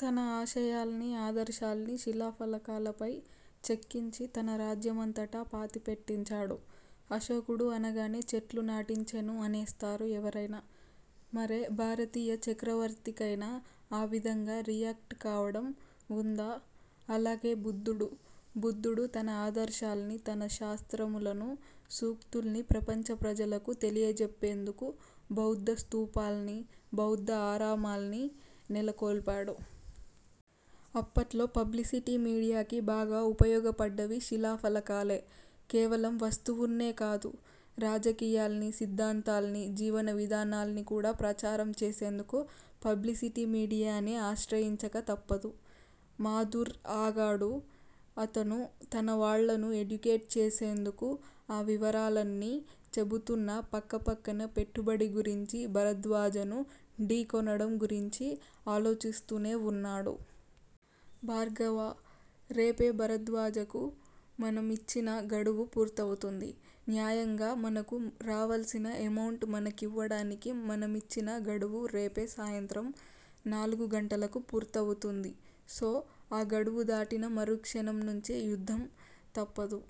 తన ఆశయాల్ని, ఆదర్శాల్ని శిలాఫలకాలపై చెక్కించి తన రాజ్యమంతటా పాతి పెట్టించాడు. అశోకుడు అనగానే చెట్లు నాటించెను అనేస్తారు ఎవరైనా. మరే భారతీయ చక్రవర్తికైనా ఆవిధంగా రియాక్ట్ కావడం వుందా? అలాగే బుద్దుడు-బుద్దుడు తన ఆదర్శాల్ని, ధర్మ శాస్త్రములను, సూక్తుల్ని ప్రపంచ ప్రజలకు తెలియజెప్పేందుకు బౌద్ద స్థూపాల్ని, బౌద్ద ఆరామాల్ని నెలకొల్పాడు. అప్పట్లో పబ్లిసిటీ మీడియాకి బాగా ఉపయోగపడ్డవి శిలాఫలకాలే. కేవలం వస్తువున్నే కాదు- రాజకీయాల్ని, సిద్దాంతాల్ని, జీవన విధానాల్ని కూడా ప్రచారం చేసేందుకు పబ్లిసిటీ మీడియానే ఆశ్రయించక తప్పదు. మాధుర్ ఆగాడు. అతను తనవాళ్ళను ఎడ్యుకేట్ చేసేందుకు ఆ వివరాలన్నీ చెబుతున్నా పక్కపక్క పెట్టుబడి గురించి, భరద్వాజను ఢీ కొనడం గురించి ఆలోచిస్తూనే వున్నాడు. భార్గవా! రేపే భరద్వాజకు మనం యిచ్చిన గడువు పూర్తవుతుంది. న్యాయంగా మనకు రావాల్సిన ఎమౌంట్ మనకివ్వడానికి మనమిచ్చిన గడువు రేపు సాయంత్రం నాలుగు గంటలకు పూర్తవుతుంది సో ఆ గడువు దాటిన మరుక్షణం నుంచి యుద్ధం తప్పదు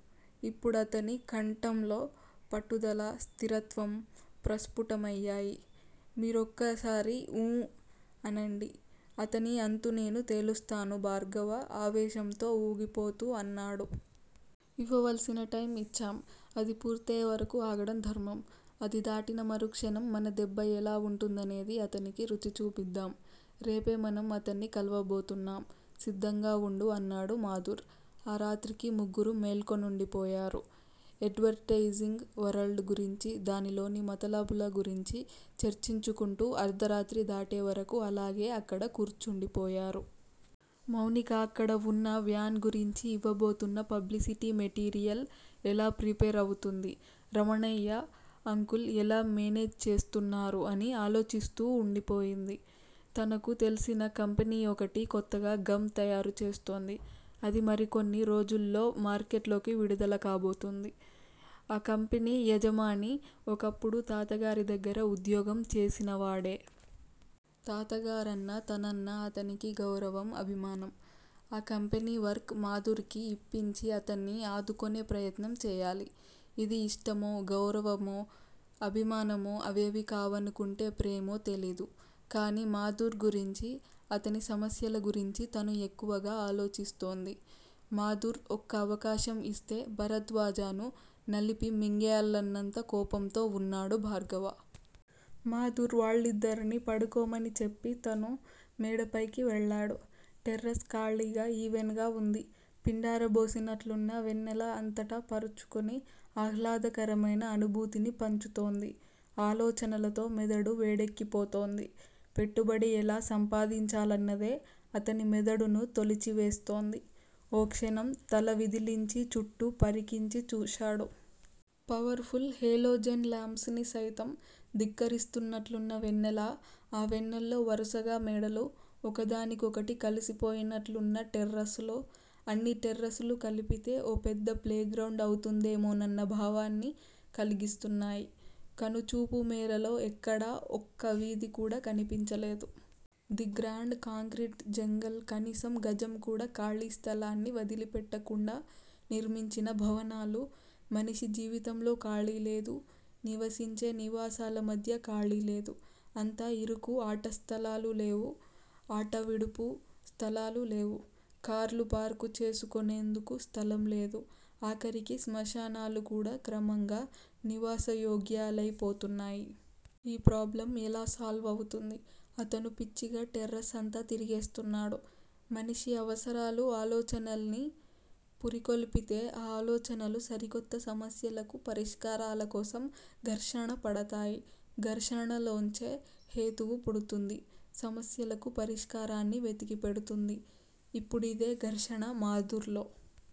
ఇప్పుడతని కంఠంలో పట్టుదల, స్థిరత్వం ప్రస్ఫుటమయ్యాయి. మీరొక్కసారి ఊ అనండి అతని అంతు నేను తేలుస్తాను భార్గవ ఆవేశంతో ఊగిపోతూ అన్నాడు. ఇవ్వవల్సిన టైమ్ యిచ్చాం. అది పూర్తయ్యేవరకూ ఆగడం ధర్మం. అది దాటిన మరుక్షణం మన దెబ్బ ఎలా వుంటుందనేది అతనికి రుచి చూపిద్దాం రేపే మనం అతన్ని కలవబోతున్నాం సిద్దంగా వుండు అన్నాడు మాధుర్. ఆ రాత్రికి ముగ్గురూ మేల్కొండిపోయారు. ఎడ్వర్టెయిజింగ్ వరల్డ్ గురించి, దానిలోని మతలబుల గురించి చర్చించుకుంటూ అర్ధరాత్రి దాటేవరకు అలాగే అక్కడ కూర్చుండిపోయారు. మౌనిక అక్కడ వున్నా, వ్యాన్ గురించి యివ్వబోతున్న పబ్లిసిటీ మెటీరియల్ ఎలా ప్రిపేర్ అవుతుంది? రమణయ్య అంకుల్ ఎలా మేనేజ్ చేస్తున్నారు అని ఆలోచిస్తూండిపోయింది. తనకు తెల్సిన కంపెనీ ఒకటి కొత్తగా గమ్ తయారుచేస్తోంది అది మరికొన్ని రోజుల్లో మార్కెట్లోకి విడుదల కాబోతోంది. ఆ కంపెనీ యజమాని ఒకప్పుడు తాతగారి దగ్గర ఉద్యోగం చేసినవాడే. తాతగారన్నా, తనన్నా అతనికి గౌరవం, అభిమానం. ఆ కంపెనీ వర్క్ మాధుర్ కి యిప్పించి అతన్ని ఆదుకొనే ప్రయత్నం చేయాలి. ఇది ఇష్టమో, గౌరవమో, అభిమానమో అవేవీ కావనుకుంటే ప్రేమో తెలీదు. కానీ మాధుర్ గురించి, అతని సమస్యల గురించి తను ఎక్కువగా ఆలోచిస్తోంది. మాధుర్ ఒక్క అవకాశం యిస్తే, భరద్వాజను నలిపి మింగేయాలన్నంత కోపంతో వున్నాడు భార్గవ. మాధుర్ వాళ్ళిద్దర్నీ పడుకోమని చెప్పి, తను మేడపైకి వెళ్ళాడు. టెర్రెస్ ఖాళీగా, ఈవెన్ గా వుంది. పిండారబోసినట్లున్న వెన్నెల అంతట పరచుకుని ఆహ్లాదకరమైన అనుభూతిని పంచుతోంది. ఆలోచనలతో మెదడు వేడెక్కిపోతోంది. పెట్టుబడి ఎలా సంపాదించాలన్నదే అతని మెదడును తొలిచివేస్తోంది. ఓ క్షణం తల విదిలించి చుట్టూ పరికించి చూశాడు. Powerful halogen lamps ని సయితం ధిక్కరిస్తున్నట్లున్న వెన్నెల ఆ వెన్నెల్లో వరుసగా మేడలు ఒకదానికొకటి కలిసిపోయినట్లున్న టెర్రెస్ లు అన్ని టెర్రెస్ లు కలిపితే ఓ పెద్ద ప్లేగ్రౌండ్ అవుతుందేమోనన్న భావాన్ని కల్గిస్తున్నాయి. కనుచూపు మేరలో ఎక్కడా ఒక్క వీధి కూడా కనిపించలేదు. ది గ్రాండ్ కాంక్రీట్ జంగిల్ కనీసం గజం కూడా ఖాళీస్థలాన్ని వదిలిపెట్టకుండా నిర్మించిన భవనాలు మనిషి జీవితంలో ఖాళీలేదు. నివసించే నివాసాల మధ్య ఖాళీలేదు. అంతా ఇరుకు ఆటస్థలాలు లేవు- ఆటవిడుపు స్థలాలు లేవు- కార్లు పార్కు చేసుకొనేందుకు స్థలం లేదు. ఆఖరికి స్మశానాలు కూడా క్రమంగా నివాసయోగ్యాలై పోతున్నాయి. ఈ ప్రాబ్లమ్ ఎలా సాల్వ్ అవుతుంది? అతను పిచ్చిగా టెర్రస్ అంతా తిరిగేస్తున్నాడు. మనిషి అవసరాలు ఆలోచనల్ని పురికొల్పితే ఆ ఆలోచనలు సరికొత్త సమస్యలకు పరిష్కారాల కోసం ఘర్షణ పడతాయి. ఘర్షణలోంచే హేతువు పుడుతుంది. సమస్యలకు పరిష్కారాన్ని వెతికిపెడుతుంది. ఇప్పుడిదే ఘర్షణ మాధుర్ లో